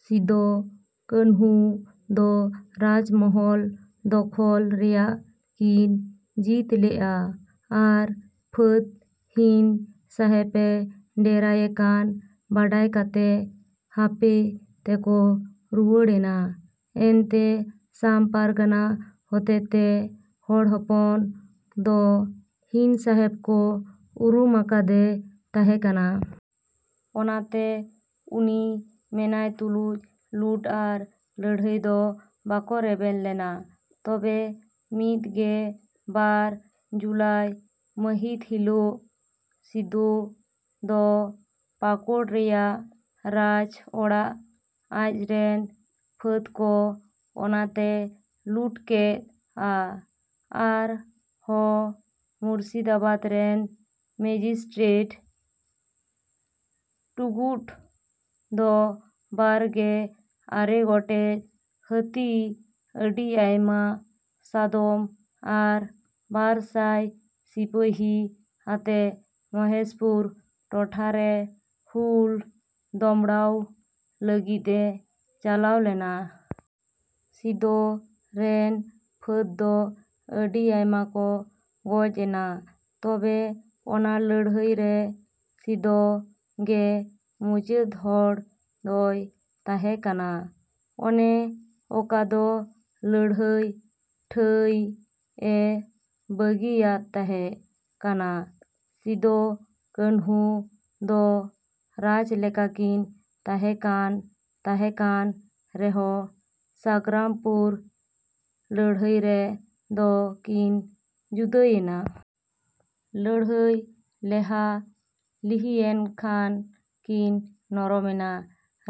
ᱥᱤᱫᱚ ᱠᱟᱹᱱᱦᱩ ᱫᱚ ᱨᱟᱡᱽ ᱢᱚᱦᱚᱞ ᱫᱚᱠᱷᱚᱞ ᱨᱮᱭᱟᱜ ᱠᱤᱱ ᱡᱤᱫᱽ ᱞᱮᱫ-ᱟ ᱟᱨ ᱯᱷᱟᱹᱫᱽ ᱦᱤᱱ ᱥᱟᱦᱮᱵᱽ ᱮ ᱰᱮᱨᱟᱭᱮ ᱠᱟᱱ ᱵᱟᱰᱟᱭ ᱠᱟᱛᱮ ᱦᱟᱯᱮ ᱛᱮᱠᱚ ᱨᱩᱣᱟᱹᱲ ᱮᱱᱟ᱾ ᱮᱱᱛᱮ ᱥᱟᱢ ᱯᱟᱨᱜᱟᱱᱟ ᱦᱚᱛᱮᱛᱮ ᱦᱚᱲ ᱦᱚᱯᱚᱱ ᱫᱚ ᱦᱤᱱ ᱥᱟᱦᱮᱵᱽ ᱠᱚ ᱩᱨᱩᱢ ᱟᱠᱟᱫᱮ ᱛᱟᱦᱮᱸ ᱠᱟᱱᱟ᱾ ᱚᱱᱟᱛᱮ ᱩᱱᱤ ᱢᱮᱱᱟᱭ ᱛᱩᱞᱩᱡ ᱞᱩᱴ ᱟᱨ ᱞᱟᱹᱲᱦᱟᱹᱭ ᱫᱚ ᱵᱟᱠᱚ ᱨᱮᱵᱮᱱ ᱞᱮᱱᱟ᱾ ᱛᱚᱵᱮ ᱢᱤᱫ ᱜᱮ ᱵᱟᱨ ᱡᱩᱞᱟᱭ ᱢᱟᱹᱦᱤᱛ ᱦᱤᱞᱚᱜ ᱥᱤᱫᱚ ᱫᱚ ᱯᱟᱠᱳᱲ ᱨᱮᱭᱟᱜ ᱨᱟᱡᱽ ᱚᱲᱟᱜ ᱟᱡ ᱨᱮᱱ ᱯᱷᱟᱹᱫᱽ ᱠᱚ ᱟᱱᱛᱮᱭ ᱞᱩᱴ ᱠᱮᱫ-ᱟ ᱟᱨ ᱦᱚᱸ ᱢᱩᱨᱥᱤᱫᱟᱵᱟᱫᱽ ᱨᱮᱱ ᱢᱮᱡᱤᱥᱴᱨᱮᱴ ᱴᱩᱜᱩᱰ ᱫᱚ ᱵᱟᱨ ᱜᱮ ᱟᱨᱮ ᱜᱚᱴᱮᱡ ᱦᱟᱹᱛᱤ ᱟᱹᱰᱤ ᱟᱭᱢᱟ ᱥᱟᱫᱚᱢ ᱟᱨ ᱵᱟᱨ ᱥᱟᱭ ᱥᱤᱯᱟᱹᱦᱤ ᱟᱛᱮ ᱢᱚᱦᱮᱥᱯᱩᱨ ᱴᱚᱴᱷᱟᱨᱮ ᱦᱩᱞ ᱫᱚᱢᱲᱟᱣ ᱞᱟᱹᱜᱤᱫ ᱮ ᱪᱟᱞᱟᱣ ᱞᱮᱱᱟ᱾ ᱥᱤᱫᱚ ᱨᱮᱱ ᱯᱷᱟᱹᱫᱽ ᱫᱚ ᱟᱹᱰᱤ ᱟᱭᱢᱟ ᱠᱚ ᱜᱚᱡ ᱮᱱᱟ᱾ ᱛᱚᱵᱮ ᱚᱱᱟ ᱞᱟᱹᱲᱦᱟᱹᱭ ᱨᱮ ᱥᱤᱫᱚ ᱜᱮ ᱢᱩᱪᱟᱹᱫ ᱦᱚᱲ ᱫᱚᱭ ᱛᱟᱦᱮᱸ ᱠᱟᱱᱟ᱾ ᱚᱱᱮ ᱚᱠᱟ ᱫᱚ ᱞᱟᱹᱲᱦᱟᱹᱭ ᱴᱷᱟᱹᱭ ᱮ ᱵᱟᱹᱜᱤ ᱟᱫ ᱛᱟᱦᱮᱸ ᱠᱟᱱᱟ ᱥᱤᱫᱚ ᱠᱟᱹᱱᱦᱩ ᱫᱚ ᱨᱟᱡᱽ ᱞᱮᱠᱟ ᱠᱤᱱ ᱛᱟᱦᱮᱸ ᱠᱟᱱ ᱛᱟᱦᱮᱸ ᱠᱟᱱ ᱨᱮᱦᱚᱸ ᱥᱟᱜᱽᱨᱟᱢᱯᱩᱨ ᱞᱟᱹᱲᱦᱟᱹᱭ ᱨᱮ ᱫᱚ ᱠᱤᱱ ᱡᱩᱫᱟᱹᱭᱮᱱᱟ᱾ ᱞᱟᱹᱲᱦᱟᱹᱭ ᱞᱮᱦᱟ ᱞᱤᱦᱤᱭᱮᱱ ᱠᱷᱟᱱ ᱠᱤᱱ ᱱᱚᱨᱚᱢ ᱮᱱᱟ᱾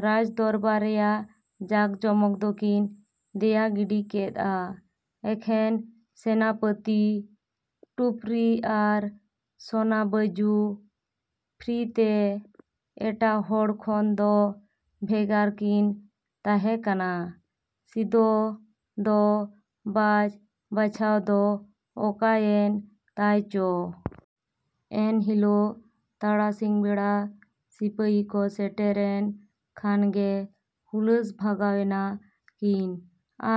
ᱨᱟᱡᱽ ᱫᱚᱨᱵᱟᱨ ᱨᱮᱭᱟᱜ ᱡᱟᱠ ᱡᱚᱢᱚᱠ ᱫᱚᱠᱤᱱ ᱫᱮᱭᱟ ᱜᱤᱰᱤ ᱠᱮᱫ-ᱟ᱾ ᱮᱠᱷᱮᱱ ᱥᱮᱱᱟᱯᱟᱹᱛᱤ ᱴᱩᱯᱨᱤ ᱟᱨ ᱥᱚᱱᱟ ᱵᱟᱹᱡᱩ ᱯᱷᱤᱨᱤᱛᱮ ᱮᱴᱟᱜ ᱦᱚᱲ ᱠᱷᱚᱱ ᱫᱚ ᱵᱷᱮᱜᱟᱨ ᱠᱤᱱ ᱛᱟᱦᱮᱸ ᱠᱟᱱᱟ᱾ ᱥᱤᱫᱚ ᱫᱚ ᱵᱷᱟᱪ ᱵᱷᱟᱪᱟᱣ ᱫᱚ ᱚᱠᱟᱭᱮᱱ ᱛᱟᱭ ᱪᱚ᱾ ᱮᱱ ᱦᱤᱞᱚᱜ ᱛᱟᱨᱟᱥᱤᱧ ᱵᱮᱲᱟ ᱥᱤᱯᱟᱹᱦᱤ ᱠᱚ ᱥᱮᱴᱮᱨᱮᱱ ᱠᱷᱟᱱ ᱜᱮ ᱦᱩᱞᱟᱹᱥ ᱵᱷᱟᱸᱜᱟᱣ ᱮᱱᱟ ᱠᱤᱱ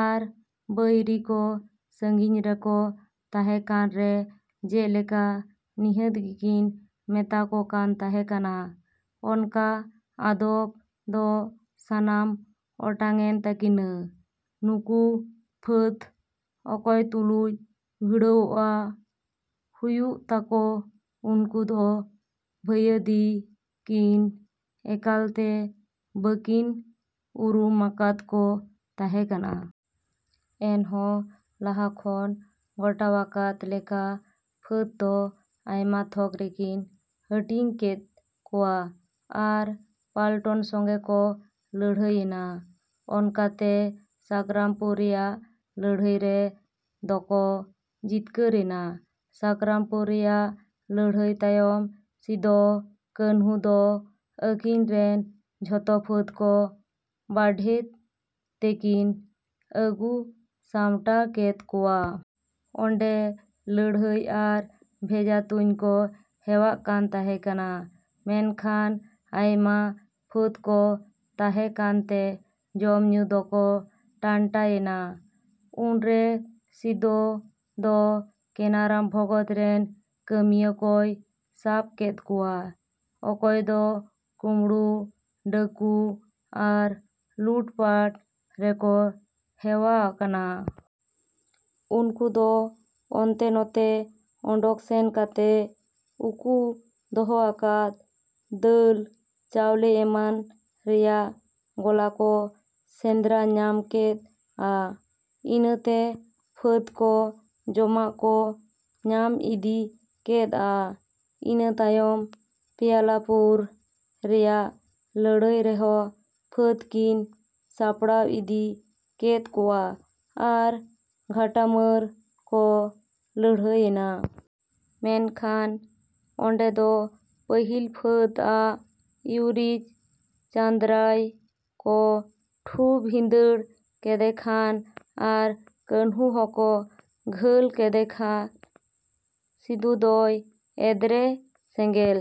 ᱟᱨ ᱵᱟᱹᱭᱨᱤ ᱠᱚ ᱥᱟᱺᱜᱤᱧ ᱨᱮᱠᱚ ᱛᱟᱦᱮᱸ ᱠᱟᱱ ᱨᱮ ᱡᱮᱞᱮᱠᱟ ᱱᱤᱦᱟᱹᱛ ᱜᱮᱠᱤᱱ ᱢᱮᱛᱟ ᱠᱚ ᱠᱟᱱ ᱛᱟᱦᱮᱸ ᱠᱟᱱᱟ᱾ ᱚᱱᱠᱟ ᱟᱫᱚᱯ ᱫᱚ ᱥᱟᱱᱟᱢ ᱚᱴᱟᱝ ᱮᱱ ᱛᱟᱹᱠᱤᱱᱟ ᱱᱩᱠᱩ ᱯᱷᱟᱹᱫᱽ ᱚᱠᱚᱭ ᱛᱩᱞᱩᱡ ᱵᱷᱤᱲᱟᱣᱚᱜ ᱦᱩᱭᱩᱜ ᱛᱟᱠᱚ ᱩᱱᱠᱩ ᱫᱚ ᱵᱷᱟᱹᱭᱟᱫᱤ ᱠᱤᱱ ᱮᱠᱟᱞᱛᱮ ᱵᱟᱹᱠᱤᱱ ᱩᱨᱩᱢ ᱟᱠᱟᱫ ᱠᱚ ᱛᱟᱦᱮᱸ ᱠᱟᱱᱟ᱾ ᱮᱱᱦᱚᱸ ᱞᱟᱦᱟ ᱠᱷᱚᱱ ᱜᱚᱴᱟᱣᱟᱠᱟᱫ ᱞᱮᱠᱟ ᱯᱷᱟᱹᱫᱽ ᱫᱚ ᱟᱭᱢᱟ ᱛᱷᱚᱠ ᱨᱮᱠᱤᱱ ᱦᱟᱹᱴᱤᱧ ᱠᱮᱫ ᱠᱚᱣᱟ ᱟᱨ ᱯᱟᱞᱴᱚᱱ ᱥᱚᱸᱜᱮ ᱠᱚ ᱞᱟᱹᱲᱦᱟᱹᱭ ᱮᱱᱟ᱾ ᱚᱱᱠᱟᱛᱮ ᱥᱟᱜᱽᱨᱟᱢᱯᱩᱨ ᱨᱮᱭᱟᱜ ᱞᱟᱹᱲᱦᱟᱹᱭ ᱨᱮ ᱫᱚᱠᱚ ᱡᱤᱛᱠᱟᱹᱨ ᱮᱱᱟ᱾ ᱥᱟᱜᱽᱨᱟᱢᱯᱩᱨ ᱨᱮᱭᱟᱜ ᱞᱟᱹᱲᱦᱟᱹᱭ ᱛᱟᱭᱚᱢ ᱥᱤᱫᱚ ᱠᱟᱹᱱᱦᱩ ᱫᱚ ᱟᱹᱠᱤᱱ ᱨᱮᱱ ᱡᱚᱛᱚ ᱯᱷᱟᱹᱫᱽ ᱠᱚ ᱵᱟᱰᱷᱮᱫ ᱛᱮᱠᱤᱱ ᱟᱹᱜᱩ ᱥᱟᱢᱴᱟᱣ ᱠᱮᱫ ᱠᱚᱣᱟ᱾ ᱚᱸᱰᱮ ᱞᱟᱹᱲᱦᱟᱹᱭ ᱟᱨ ᱵᱮᱡᱷᱟ ᱛᱩᱧ ᱠᱚ ᱦᱮᱣᱟᱜ ᱠᱟᱱ ᱛᱟᱦᱮᱸ ᱠᱟᱱᱟ᱾ ᱢᱮᱱᱠᱷᱟᱱ ᱟᱭᱢᱟ ᱯᱷᱟᱹᱫᱽ ᱠᱚ ᱛᱟᱦᱮᱸ ᱠᱟᱱᱛᱮ ᱡᱚᱢ ᱧᱩ ᱫᱚᱠᱚ ᱴᱟᱱᱴᱟᱭᱮᱱᱟ᱾ ᱩᱱᱨᱮ ᱥᱤᱫᱚ ᱫᱚ ᱠᱮᱱᱟᱨᱟᱢ ᱵᱷᱚᱜᱚᱛ ᱨᱮᱱ ᱠᱟᱹᱢᱤᱭᱟᱹ ᱠᱚᱭ ᱥᱟᱵ ᱠᱮᱫ ᱠᱚᱣᱟ᱾ ᱚᱠᱚᱭ ᱫᱚ ᱠᱩᱸᱢᱵᱽᱲᱩ ᱰᱟᱹᱠᱩ ᱟᱨ ᱞᱩᱴᱯᱟᱴ ᱨᱮᱠᱚ ᱦᱮᱣᱟ ᱟᱠᱟᱱᱟ᱾ ᱩᱱᱠᱩ ᱫᱚ ᱚᱱᱛᱮ ᱱᱚᱛᱮ ᱚᱰᱚᱠ ᱥᱮᱱ ᱠᱟᱛᱮ ᱩᱠᱩ ᱫᱚᱦᱚ ᱟᱠᱟᱫ ᱫᱟᱹᱞ ᱪᱟᱣᱞᱮ ᱮᱢᱟᱱ ᱨᱮᱭᱟᱜ ᱜᱚᱞᱟ ᱠᱚ ᱥᱮᱸᱫᱽᱨᱟ ᱧᱟᱢ ᱠᱮᱫ-ᱟ᱾ᱤᱱᱟᱹᱛᱮ ᱯᱷᱟᱹᱫᱽ ᱠᱚ ᱡᱚᱢᱟᱜ ᱠᱚ ᱧᱟᱢ ᱤᱫᱤ ᱠᱮᱫ-ᱟ᱾ ᱤᱱᱟᱹ ᱛᱟᱭᱚᱢ ᱯᱮᱭᱟᱞᱟᱯᱩᱨ ᱨᱮᱭᱟᱜ ᱞᱟᱹᱲᱦᱟᱹᱭ ᱨᱮᱦᱚᱸ ᱯᱷᱟᱹᱫᱽ ᱠᱤᱱ ᱥᱟᱯᱲᱟᱣ ᱤᱫᱤ ᱠᱮᱫ ᱠᱚᱣᱟ ᱟᱨ ᱜᱷᱟᱴᱟᱢᱟᱹᱨ ᱠᱚ ᱞᱟᱹᱲᱦᱟᱹᱭ ᱮᱱᱟ᱾ ᱢᱮᱱᱠᱷᱟᱱ ᱚᱸᱰᱮ ᱫᱚ ᱯᱟᱹᱦᱤᱞ ᱯᱷᱟᱹᱫᱽ ᱟᱜ ᱭᱩᱨᱤᱡ ᱪᱟᱸᱫᱽᱨᱟᱭ ᱠᱚ ᱴᱷᱩ ᱵᱷᱤᱸᱫᱟᱹᱲ ᱠᱮᱫᱮ ᱠᱷᱟᱱ ᱟᱨ ᱠᱟᱹᱱᱦᱩ ᱦᱚᱸᱠᱚ ᱜᱷᱟᱹᱞ ᱠᱮᱫᱮ ᱠᱷᱟᱱ ᱥᱤᱫᱚ ᱫᱚᱭ ᱮᱫᱽᱨᱮ ᱥᱮᱸᱜᱮᱞ᱾